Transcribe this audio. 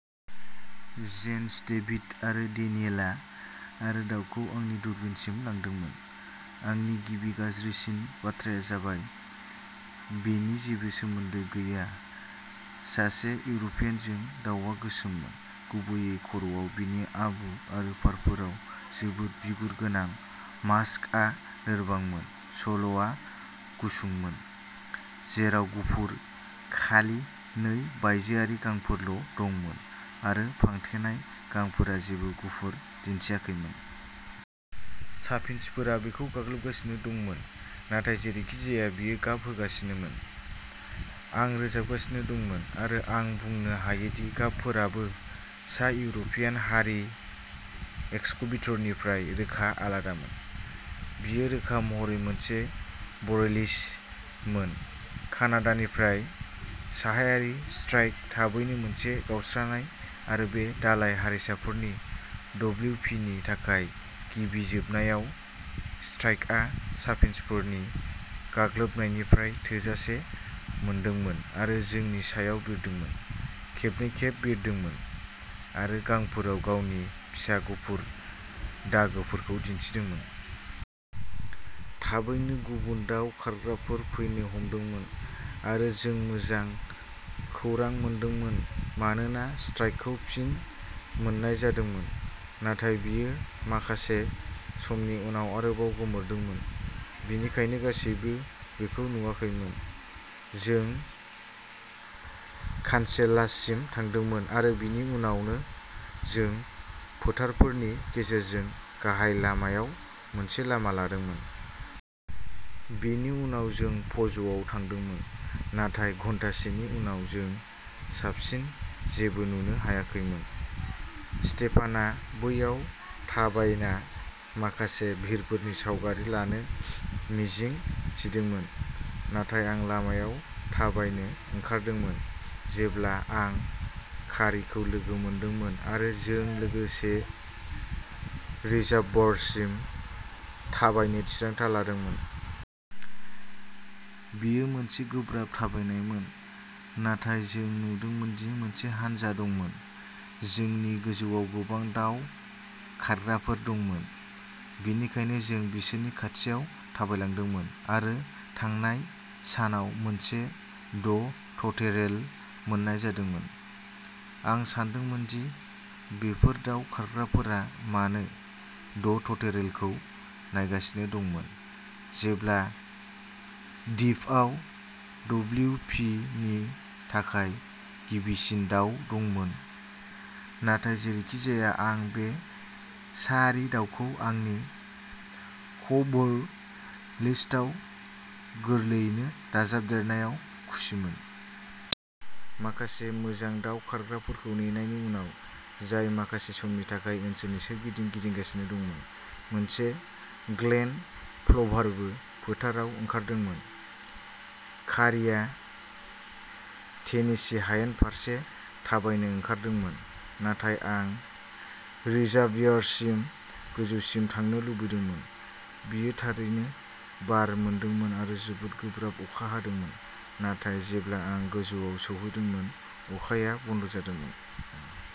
Gents, David आरो डेनियेलआ आरो दाउखौ आंनि दूरबीनसिम लांदोंमोन, आंनि गिबि गाज्रिसिन बाथ्राया जाबायः बेनि जेबो सोमोन्दो गैया सासे इउर'पियानजों दावआ गोसोममोन, गुबैयै खर'आव, बिनि आबु आरो फारफोराव जोबोद बिगुर गोनां, मास्कआ लोरबांमोन, सल'आ गुसुंमोन जेराव गुफुर खालि नै बायजोआरि गांफोरल' दंमोन आरो फांथेनाय गांफोरा जेबो गुफुर दिन्थियाखैमोन। चाफिन्चफोरा बेखौ गाग्लोबगासिनो दंमोन नाथाय जेरैखिजाया बेयो गाब होगासिनोमोन आरो रोजाबगासिनो दंमोन आरो आं बुंनो हायोदि गाबफोराबो सा-इउर'पियान हारि एक्सकुबिटर निफ्राय रोखा आलादामोन। बेयो रोखा महरै मोनसे बरेलिस मोन कानाडानिफ्राय साहायारि श्राइक-थाबैनो मोनसे गावस्रानाय आरो बे दालाय हारिसाफोरनि डब्लिउपिनि थाखाय गिबि जोबनायाव श्र्थाइकआ चाफिन्चफोरनि गाग्लोबनायनिफ्राय थोजासे मोनदोंमोन आरो जोंनि सायाव बिरदोंमोन, खेबनै-खेब बिरदोंमोन आरो गांफोराव गावनि फिसा गुफुर दागोफोरखौ दिन्थिदोंमोन। थाबैनो गुबुन दाउ खारग्राफोर फैनो हमदोंमोन आरो जों मोजां खौरां मोनदोंमोन मानोना श्र्थाइकखौ फिन मोन्नाय जादोंमोन। नाथाय बेयो माखासे समनि उनाव आरोबाव गोमोरदोंमोन, बेनिखायनो गासैबो बेखौ नुवाखैमोन। जों कानसेलाससिम थांदोंमोन आरो बेनि उनावनो जों फोथारफोरनि गेजेरजों गाहाय लामायाव मोनसे लामा लादोंमोन। बेनि उनाव जों फ'ज'आव थांदोंमोन, नाथाय घन्टासेनि उनाव जों साबसिन जेबो नुनो हायाखैमोन। स्टेफानआ बैयाव थाबायना माखासे भिरफोरनि सावगारि लानो मिजिं थिदोंमोन, नाथाय आं लामायाव थाबायनो ओंखारदोंमोन, जेब्ला आं कारीखौ लोगो मोनदोंमोन आरो जों लोगोसे रिजार्भारसिम थाबायनो थिरांथा लादोंमोन। बेयो मोनसे गोब्राब थाबायनायमोन, नाथाय जों नुदोंमोन दि मोनसे हानजा दंमोन। जोंनि गोजौआव गोबां दाव खारग्राफोर दंमोन, बेनिखायनो जों बिसोरनि खाथियाव थाबायलांदोंमोन आरो थांनाय सानाव मोनसे ड'टटेरेल मोन्नाय जादोंमोन। आं सानदोंमोन दि बेफोर दाव खारग्राफोरा मानो ड'टटेरेलखौ नायगासिनो दंमोन, जेब्ला द्वीपआव डब्लिउ पि नि थाखाय गिबिसिन दाव दंमोन, नाथाय जेरैखिजाया आं बे साआरि दाउखौ आंनि क'र्भ'- लिस्टआव गोरलैयैनो दाजाबदेरनायाव खुसिमोन। माखासे मोजां दाव खारग्राफोरखौ नेनायनि उनाव, जाय माखासे समनि थाखाय ओनसोलनि सोरगिदिं गिदिंगासिनो दंमोन, मोनसे ग्लेन्ड प्लभारबो फोथारफोराव ओंखारदोंमोन। कारीआ टेनेसी हायेन फारसे थाबायनो ओंखारदोंमोन, नाथाय आं रिजार्वयारसिम गोजौसिम थांनो लुबैदोंमोन। बेयो थारैनो बार मोनदोंमोन आरो जोबोद गोब्राब अखा हादोंमोन, नाथाय जेब्ला आं गोजौआव सौहैदोंमोन, अखाया बन्द'जादोंमोन।